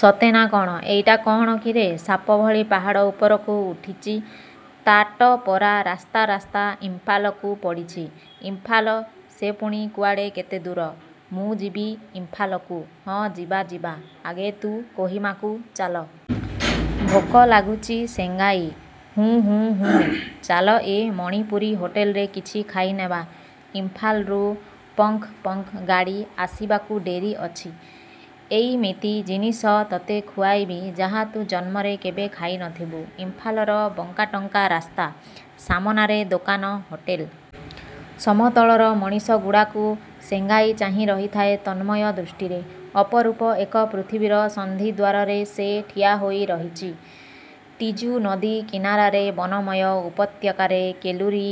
ସତେ ନା କ'ଣ? ଏଇଟା କ'ଣ କିରେ ସାପ ଭଳି ପାହାଡ଼ ଉପରକୁ ଉଠିଚି। ତାଟ ପରା ରାସ୍ତା ରାସ୍ତା ଇମ୍ଫାଲକୁ ପଡ଼ିଚି। ଇମ୍ଫାଲ? ସେ ପୁଣି କୁଆଡ଼େ? କେତେ ଦୂର? ମୁଁ ଯିବି ଇମ୍ଫାଲକୁ। ହଁ, ଯିବା ଯିବା, ଆଗେ ତୁ କୋହିମାକୁ ଚାଲ। ଭୋକ ଲାଗୁଚି ସେଙ୍ଗାଇ? ''ହୁଁ ହୁଁ ହୁଁ।'' ଚାଲ ଏ ମଣିପୁରୀ ହୋଟେଲରେ କିଛି ଖାଇନେବା। ଇମ୍ଫାଲରୁ ପଙ୍କ୍ ପଙ୍କ୍ ଗାଡ଼ି ଆସିବାକୁ ଡେରି ଅଛି। ଏଇମିତି ଜିନିଷ ତତେ ଖୁଆଇବି ଯାହା ତୁ ଜନ୍ମରେ କେବେ ଖାଇ ନଥିବୁ। ଇମ୍ଫାଲର ବଙ୍କାଟଙ୍କା ରାସ୍ତା, ସାମନାରେ ଦୋକାନ, ହୋଟେଲ। ସମତଳର ମଣିଷଗୁଡ଼ାକୁ ସେଙ୍ଗାଇ ଚାହିଁ ରହିଥାଏ ତନ୍ମୟ ଦୃଷ୍ଟିରେ। ଅପରୂପ ଏକ ପୃଥିବୀର ସନ୍ଧିଦ୍ୱାରରେ ସେ ଠିଆହୋଇ ରହିଚି। ଟିଜୁ ନଦୀ କିନାରାରେ, ବନମୟ ଉପତ୍ୟକାରେ, କେଲୁରୀ,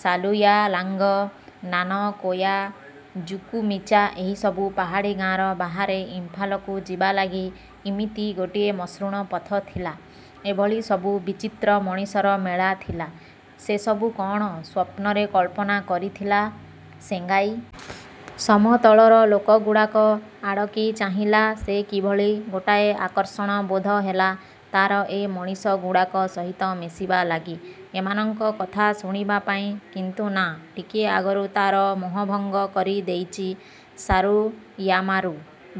ସାଲୁୟାଲାଙ୍ଗ, ନାନକୋୟା, ଜୁକୁମିଚା ଏହିସବୁ ପାହାଡ଼ୀ ଗାଁର ବାହାରେ ଇମ୍ଫାଲକୁ ଯିବା ଲାଗି ଇମିତି ଗୋଟିଏ ମସୃଣ ପଥ ଥିଲା, ଏଭଳି ସବୁ ବିଚିତ୍ର ମଣିଷର ମେଳା ଥିଲା, ସେସବୁ କ'ଣ ସ୍ୱପ୍ନରେ କଳ୍ପନା କରିଥିଲା ସେଙ୍ଗାଇ? ସମତଳର ଲୋକଗୁଡ଼ାକ ଆଡ଼କି ଚାହିଁଲା ସେ କିଭଳି ଗୋଟାଏ ଆକର୍ଷଣ ବୋଧହେଲା ତାର ଏ ମଣିଷଗୁଡ଼ାକ ସହିତ ମିଶିବା ଲାଗି, ଏମାନଙ୍କ କଥା ଶୁଣିବା ପାଇଁ। କିନ୍ତୁ ନା, ଟିକିଏ ଆଗରୁ ତାର ମୋହଭଙ୍ଗ କରି ଦେଇଚି ସାରୁୟାମାରୁ।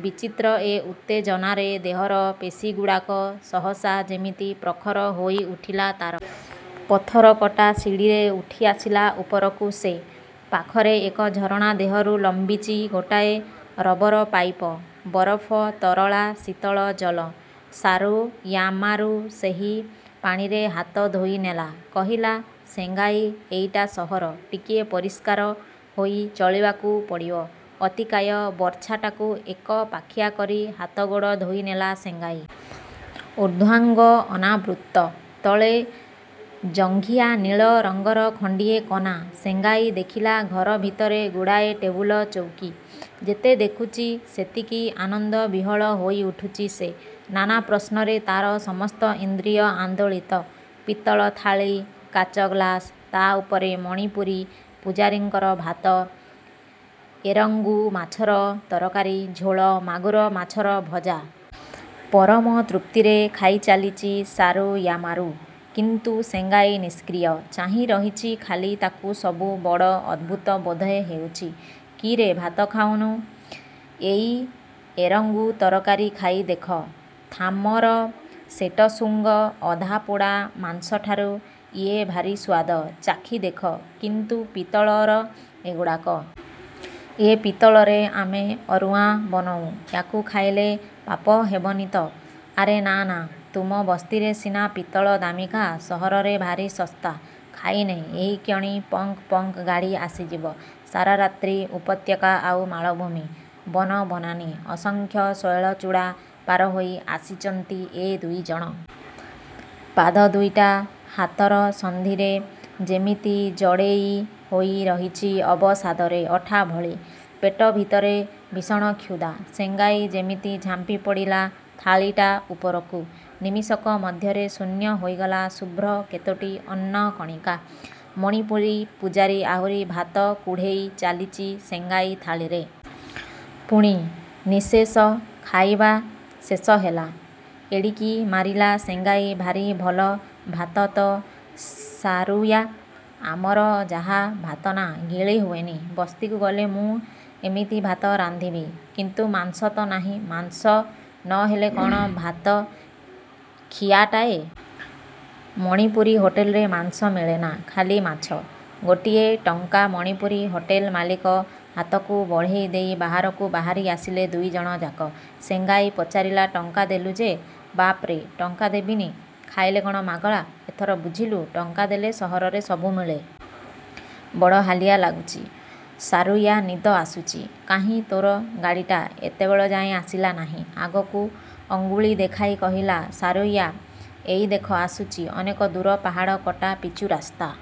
ବିଚିତ୍ର ଏକ ଉତ୍ତେଜନାରେ ଦେହର ପେଶୀଗୁଡ଼ାକ ସହସା ଯେମିତି ପ୍ରଖର ହୋଇଉଠିଲା ତାର। ପଥରକଟା ସିଡ଼ିରେ ଉଠିଆସିଲା ଉପରକୁ ସେ। ପାଖରେ ଏକ ଝରଣା ଦେହରୁ ଲମ୍ବିଚି ଗୋଟାଏ ରବରପାଇପ। ବରଫ ତରଳା ଶୀତଳ ଜଳ। ସାରୁୟାମାରୁ ସେହି ପାଣିରେ ହାତ ଧୋଇନେଲା। କହିଲା, ସେଙ୍ଗାଇ ଏଇଟା ସହର, ଟିକିଏ ପରିଷ୍କାର ହୋଇ ଚଳିବାକୁ ପଡ଼ିବ। ଅତିକାୟ ବର୍ଚ୍ଛାଟାକୁ ଏକପାଖିଆ କରି ହାତଗୋଡ଼ ଧୋଇ ନେଲା ସେଙ୍ଗାଇ। ଊର୍ଦ୍ଧ୍ୱାଙ୍ଗ ଅନାବୃତ୍ତ। ତଳେ ଜଙ୍ଘିଆ ନୀଳ ରଙ୍ଗର ଖଣ୍ଡିଏ କନା। ସେଙ୍ଗାଇ ଦେଖିଲା ଘର ଭିତରେ ଗୁଡ଼ାଏ ଟେବୁଲ, ଚୌକୀ। ଯେତେ ଦେଖୁଚି, ସେତିକି ଆନନ୍ଦବିହ୍ୱଳ ହୋଇଉଠୁଚି ସେ। ନାନା ପ୍ରଶ୍ନରେ ତାର ସମସ୍ତ ଇନ୍ଦ୍ରିୟ ଆନ୍ଦୋଳିତ। ପିତ୍ତଳ ଥାଳୀ, କାଚ ଗ୍ଲାସ, ତା ଉପରେ ମଣିପୁରୀ ପୂଜାରୀଙ୍କର ଭାତ, ଏରଙ୍ଗୁ ମାଛର ତରକାରୀ, ଝୋଳ, ମାଗୁର ମାଛର ଭଜା। ପରମତୃପ୍ତିରେ ଖାଇଚାଲିଚି ସାରୁୟାମାରୁ; କିନ୍ତୁ ସେଙ୍ଗାଇ ନିଷ୍କ୍ରିୟ। ଚାହିଁ ରହିଚି ଖାଲି ତାକୁ ସବୁ ବଡ଼ ଅଦ୍ଭୁତ ବୋଧହେଉଚି। କିରେ ଭାତ ଖାଉନୁ, ଏଇ ଏରଙ୍ଗୁ ତରକାରୀ ଖାଇ ଦେଖ। ଥାମର ସେଟସୁଙ୍ଗ ଅଧା ପୋଡ଼ା ମାଂସଠାରୁ ଇଏ ଭାରି ସୁଆଦ। ଚାଖି ଦେଖ। କିନ୍ତୁ ପିତ୍ତଳର ଏଗୁଡ଼ାକ। ଏ ପିତ୍ତଳରେ ଆମେ ଅରୁଆ ବନଉଁ, ୟାକୁ ଖାଇଲେ ପାପ ହେବନି ତ! ଆରେ ନାଁ ନାଁ, ତୁମ ବସ୍ତିରେ ସିନା ପିତ୍ତଳ ଦାମିକା, ସହରରେ ଭାରି ଶସ୍ତା। ଖାଇନେ, ଏହିକ୍ଷଣି ପଙ୍କ୍ ପଙ୍କ୍ ଗାଡ଼ି ଆସିଯିବ। ସାରା ରାତ୍ରି ଉପତ୍ୟକା ଆଉ ମାଳଭୂମି, ବନ ବନାନୀ, ଅସଂଖ୍ୟ ଶୈଳଚୂଡ଼ା ପାର ହୋଇ ଆସିଚନ୍ତି ଏ ଦୁଇଜଣ। ପାଦ ଦୁଇଟା ହାତର ସନ୍ଧିରେ ଯେମିତି ଜଡ଼େଇ ହୋଇରହିଛି ଅବସାଦରେ, ଅଠା ଭଳି। ପେଟ ଭିତରେ ଭୀଷଣ କ୍ଷୁଧା। ସେଙ୍ଗାଇ ଯେମିତି ଝାମ୍ପି ପଡ଼ିଲା ଥାଳୀଟା ଉପରକୁ। ନିମିଷକ ମଧ୍ୟରେ ଶୂନ୍ୟ ହୋଇଗଲା ଶୁଭ୍ର କେତୋଟି ଅନ୍ନକଣିକା। ମଣିପୁରୀ ପୂଜାରୀ ଆହୁରି ଭାତ କୁଢ଼େଇ ଚାଲିଚି ସେଙ୍ଗାଇ ଥାଳୀରେ। ପୁଣି। ନିଃଶେଷ। ଖାଇବା ଶେଷ ହେଲା। ଏଡ଼ିକି ମାରିଲା ସେଙ୍ଗାଇ ଭାରି ଭଲ ଭାତ ତ ସାରୁୟା! ଆମର ଯାହା ଭାତନା, ଗିଳି ହୁଏନି। ବସ୍ତିକୁ ଗଲେ ମୁଁ ଏମିତି ଭାତ ରାନ୍ଧିବି, କିନ୍ତୁ ମାଂସ ତ ନାହିଁ। ମାଂସ ନ ହେଲେ କ'ଣ ଭାତ ଖିଆଟାଏ? ମଣିପୁରୀ ହୋଟେଲରେ ମାଂସ ମିଳେନା, ଖାଲି ମାଛ। ଗୋଟିଏ ଟଙ୍କା ମଣିପୁରୀ ହୋଟେଲ ମାଲିକ ହାତକୁ ବଢ଼େଇ ଦେଇ ବାହାରକୁ ବାହାରି ଆସିଲେ ଦୁଇଜଣଯାକ। ସେଙ୍ଗାଇ ପଚାରିଲା ଟଙ୍କା ଦେଲୁ ଯେ! ବାପ୍ରେ, ଟଙ୍କା ଦେବିନି? ଖାଇଲେ କ'ଣ ମାଗଣା? ଏଥର ବୁଝିଲୁ, ଟଙ୍କା ଦେଲେ ସହରରେ ସବୁ ମିଳେ। ବଡ଼ ହାଲିଆ ଲାଗୁଚି ସାରୁୟା ନିଦ ଆସୁଚି। କାହିଁ ତୋର ଗାଡ଼ିଟା ଏତେବେଳେ ଯାଏ ଆସିଲା ନାହିଁ। ଆଗକୁ ଅଙ୍ଗୁଳି ଦେଖାଇ କହିଲା ସାରୁୟା ଏଇ ଦେଖ ଆସୁଚି। ଅନେକ ଦୂର ପାହାଡ଼ କଟା ପିଚୁରାସ୍ତା।